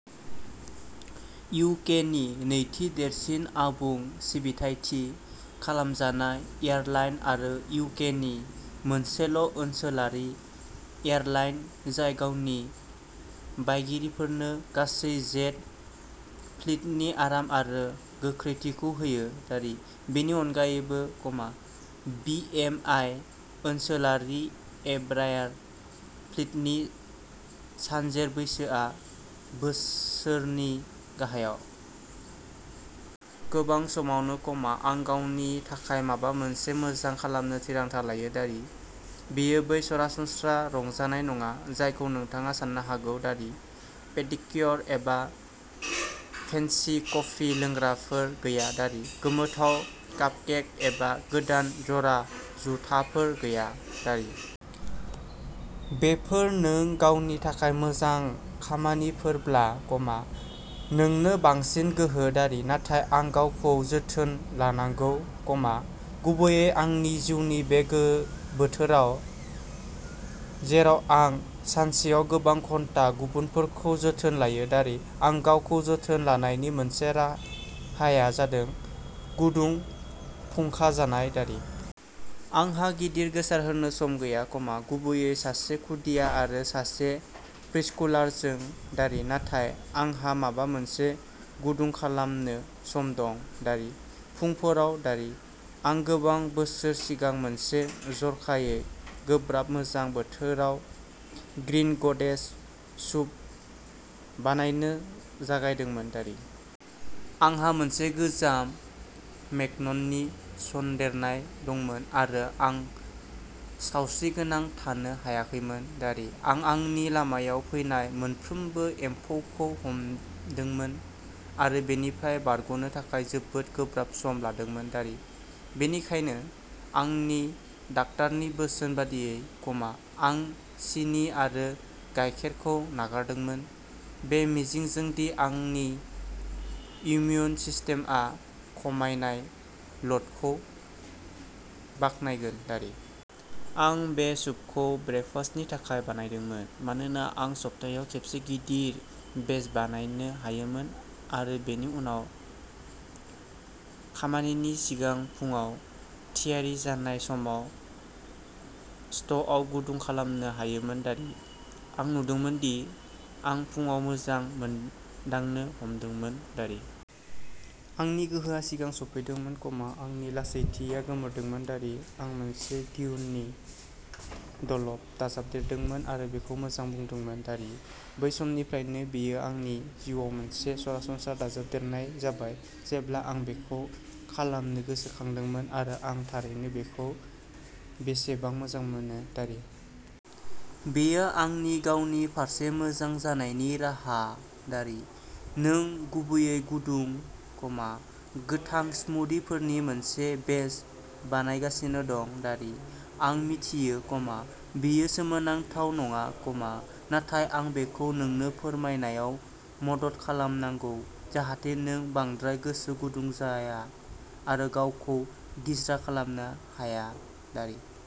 U. K. नि नैथि देरसिन आबुं सिबिथाइ थि खालामजानाय एयारलाइन आरो इउ. के. नि मोनसेल'ओनसोलारि एयारलाइन जाय गावनि बायगिरिफोरनो गासै जेट फ्लीटनि आराम आरो गोख्रैथिखौ होयो। बेनि अनगायैबो, बि. एम. आइ. ओनसोलारि एम्ब्रायार फ्लीटनि सानजेर बैसोआ बोसोरनि गाहायाव। गोबां समावनो, आं गावनि थाखाय माबा मोनसे मोजां खालामनो थिरांथा लायो। बेयो बै सरासनस्रा रंजानाय नङा जायखौ नोंथाङा सानो हागौ। पेडिक्य'र एबा फेन्सि कफि लोंग्राफोर गैया। गोथाव कापकेक एबा गोदान जरा जुथाफोर गैया। बेफोरो नों गावनि थाखाय मोजां खामानिफोरब्ला, नोंनो बांसिन गोहो। नाथाय आं गावखौ जोथोन लानांगौ, गुबैयै आंनि जिउनि बे बोथोराव जेराव आं सानसेयाव गोबां घन्टा गुबुनफोरखौ जोथोन लायो। आं गावखौ जोथोन लानायनि मोनसे राहाया जादों गुदुं फुंखाजानाय। आंहा गिदिर गोसारहोनो सम गैया, गुबैयै सासे खुदिया आरो सासे प्रिस्कुलारजों। नाथाय आंहा माबा मोनसे गुदुं खालामनो सम दं। फुंफोराव। आं गोबां बोसोर सिगां मोनसे जर'खायै गोब्राब गोजां बोथोराव ग्रीन ग'देज सुप बानायनो जागायदोंमोन। आंहा मोनसे गोजाम मेगननि सन्देरनाय दंमोन आरो आं सावस्रिगोनां थानो हायाखैमोन। आं आंनि लामायाव फैनाय मोनफ्रोमबो एम्फौखौ हमदोंमोन आरो बेनिफ्राय बारग'नो थाखाय जोबोद गोब्राब सम लादोंमोन। बेनिखायनो, आंनि डाक्टारनि बोसोन बायदियै, आं सिनि आरो गायखेरखौ नागारदोंमोन बे मिजिंजों दि आंनि इमिउन सिस्टेमआ खमायनाय ल'डखौ बाख्नायगोन। आं बे सुपखौ ब्रेकफास्टनि थाखाय बानायदोंमोन मानोना आं सप्तायाव खेबसे गिदिर बेच बानायनो हायोमोन आरो बेनि उनाव खामानिनि सिगां फुंआव थियारि जानाय समाव स्ट'वआव गुदुं खालामनो हायोमोन। आं नुदोंमोन दि आं फुंआव मोजां मोनदांनो हमदोंमोन। आंनि गोहोआ सिगां सौफैदोंमोन, आंनि लासैथिया गोमोरदोंमोन। आं मोनसे घिउनि द'ल'प दाजाबदेरदोंमोन आरो बेखौ मोजां बुंदोंमोन। बै समनिफ्रायनो, बेयो आंनि जिउआव मोनसे सरासनस्रा दाजाबदेरनाय जाबाय जेब्ला आं बेखौ खालामनो गोसोखांदोंमोन आरो आं थारैनो बेखौ बेसेबां मोजां मोनो। बेयो आंनि गावनि फारसे मोजां जानायनि राहा। नों गुबैयै गुदुं, गोथां स्मूदिफोरनि मोनसे बेच बानायगासिनो दं। आं मिथियो, बेयो सोमोनांथाव नङा, नाथाय आं बेखौ नोंनो फोरमायनायाव मदद खालामनांगौ जाहाथे नों बांद्राय गोसो गुदुं जाया आरो गावखौनो गिज्रा खालामनो हाया।